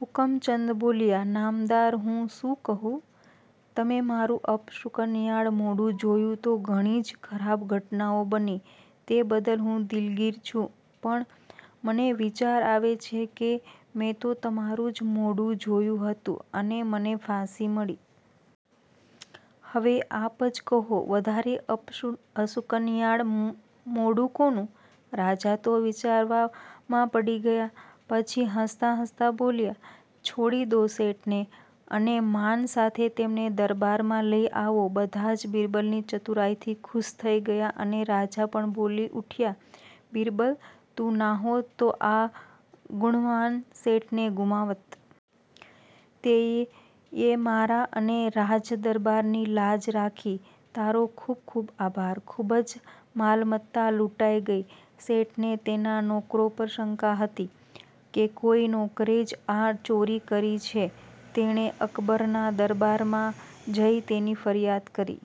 હુકમચંદ બોલ્યા: નામદાર, હું શું કહું? તમે મારું અપશુકનિયાળ મોઢું જોયું તો ઘણી જ ખરાબ ઘટનાઓ બની. તે બદલ હું દિલગીર છું. પણ મને વિચાર આવે છે કે મેં તો તમારૂં જ મોંઢું જોયું હતું અને મને ફાંસી મળી. હવે આપ જ કહો -વધારે અપશુકનિયાળ મોંઢું કોનું? રાજા તો વિચારમાં પડી ગયા. પછી હસતા હસતા બોલ્યા: છોડી દો શેઠને અને માન સાથે તેમને દરબારમાં લઈ આવો. બધા જ બિરબલની ચતુરાઈથી ખુશ થઈ ગયા અને રાજા પણ બોલી ઉઠ્યા: બિરબલ, તું નાહોત તો આ ગુણવાન શેઠને ગુમાવત. તેએ મારાં અને રાજ દરબારની લાજ રાખી. તારો ખૂબ ખૂબ આભાર. ખૂબ જ માલમત્તા લૂંટાઈ ગઈ. શેઠને તેના નોકરો પર શંકા હતી કે કોઈ નોકરે જ આ ચોરી કરી છે. તેણે અક્બરના દરબારમાં જઈ તેની ફરિયાદ કરી.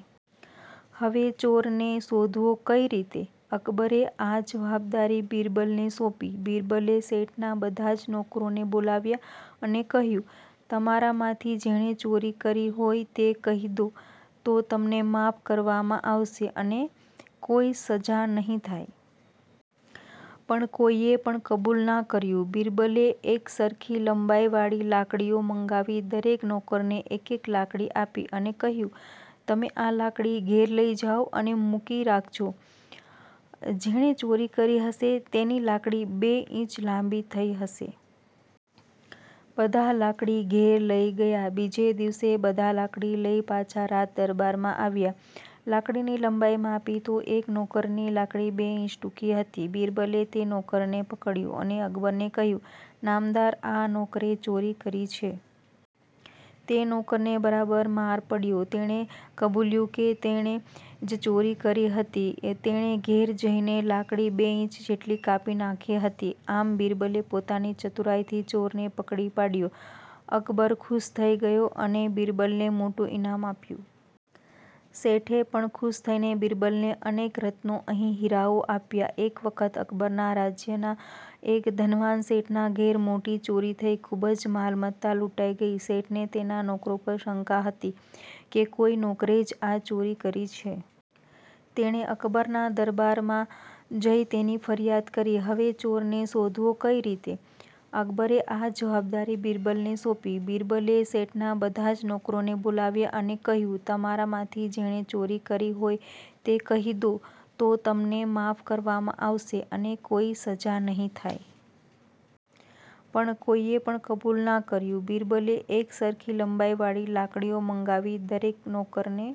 હવે ચોરને શોધવો કઈ રીતે? અકબરે આ જવાબદારી બિરબલને સોંપી. બિરબલે શેઠના બધા જ નોકરોને બોલવ્યા અને કહ્યું; તમારામાંથી જેણે ચોરી કરી હોય તે કહી દો તો તમને માફ કરવામાં આવશે અને કોઈ સજા નહીં થાય. પણ કોઈએ પણ કબૂલ ના કર્યું. બિરબલે એક સરખી લંબાઈવાળી લાકડીઓ મંગાવી દરેક નોકરને એક એક લાકડી આપી અને કહ્યું; તમે આ લાકડી ઘેર લઈ જાઓ અને મૂકી રાખજો. જેણે ચોરી કરી હશે તેની લાકડી બે ઈંચ લાંબી થઈ જશે. બધા લાકડી ઘેર લઈ ગયા. બીજે દિવસે બધા લાકડી લઈ પાછા રાજ દરબારમાં આવ્યા. લાકડીની લંબાઈ માપી તો એક નોકરની લાકડી બે ઈંચ ટૂંકી હતી. બિરબલે તે નોકરને પકડ્યો અને અકબરને કહ્યું; નામદાર, આ નોકરે ચોરી કરી છે. તે નોકરને બરાબર માર પડ્યો. તેણે કબૂલ્યું કે તેણે જ ચોરી કરી હતી. તેણે ઘેર જઈને લાકડી બે ઈંચ જેટલી કાપી નાંખી હતી.. આમ બિરબલે પોતાની ચતુરાઈથી ચોરને પકડી પાડ્યો. અકબર ખૂશ થઈ ગયો અને બિરબલને મોટું ઈનામ આપ્યું. શેઠે પણ ખૂશ થઈને બિરબલને અનેક રત્નો અને હીરાઓ આપ્યા. એક વખત અક્બરના રાજ્યના એક ધનવાન શેઠના ઘેર મોટી ચોરી થઈ. ખૂબ જ માલમત્તા લૂંટાઈ ગઈ. શેઠને તેના નોકરો પર શંકા હતી કે કોઈ નોકરે જ આ ચોરી કરી છે. તેણે અક્બરના દરબારમાં જઈ તેની ફરિયાદ કરી. હવે ચોરને શોધવો કઈ રીતે? અકબરે આ જવાબદારી બિરબલને સોંપી. બિરબલે શેઠના બધા જ નોકરોને બોલવ્યા અને કહ્યું; તમારામાંથી જેણે ચોરી કરી હોય તે કહી દો તો તમને માફ કરવામાં આવશે અને કોઈ સજા નહીં થાય. પણ કોઈએ પણ કબૂલ ના કર્યું. બિરબલે એક સરખી લંબાઈવાળી લાકડીઓ મંગાવી દરેક નોકરને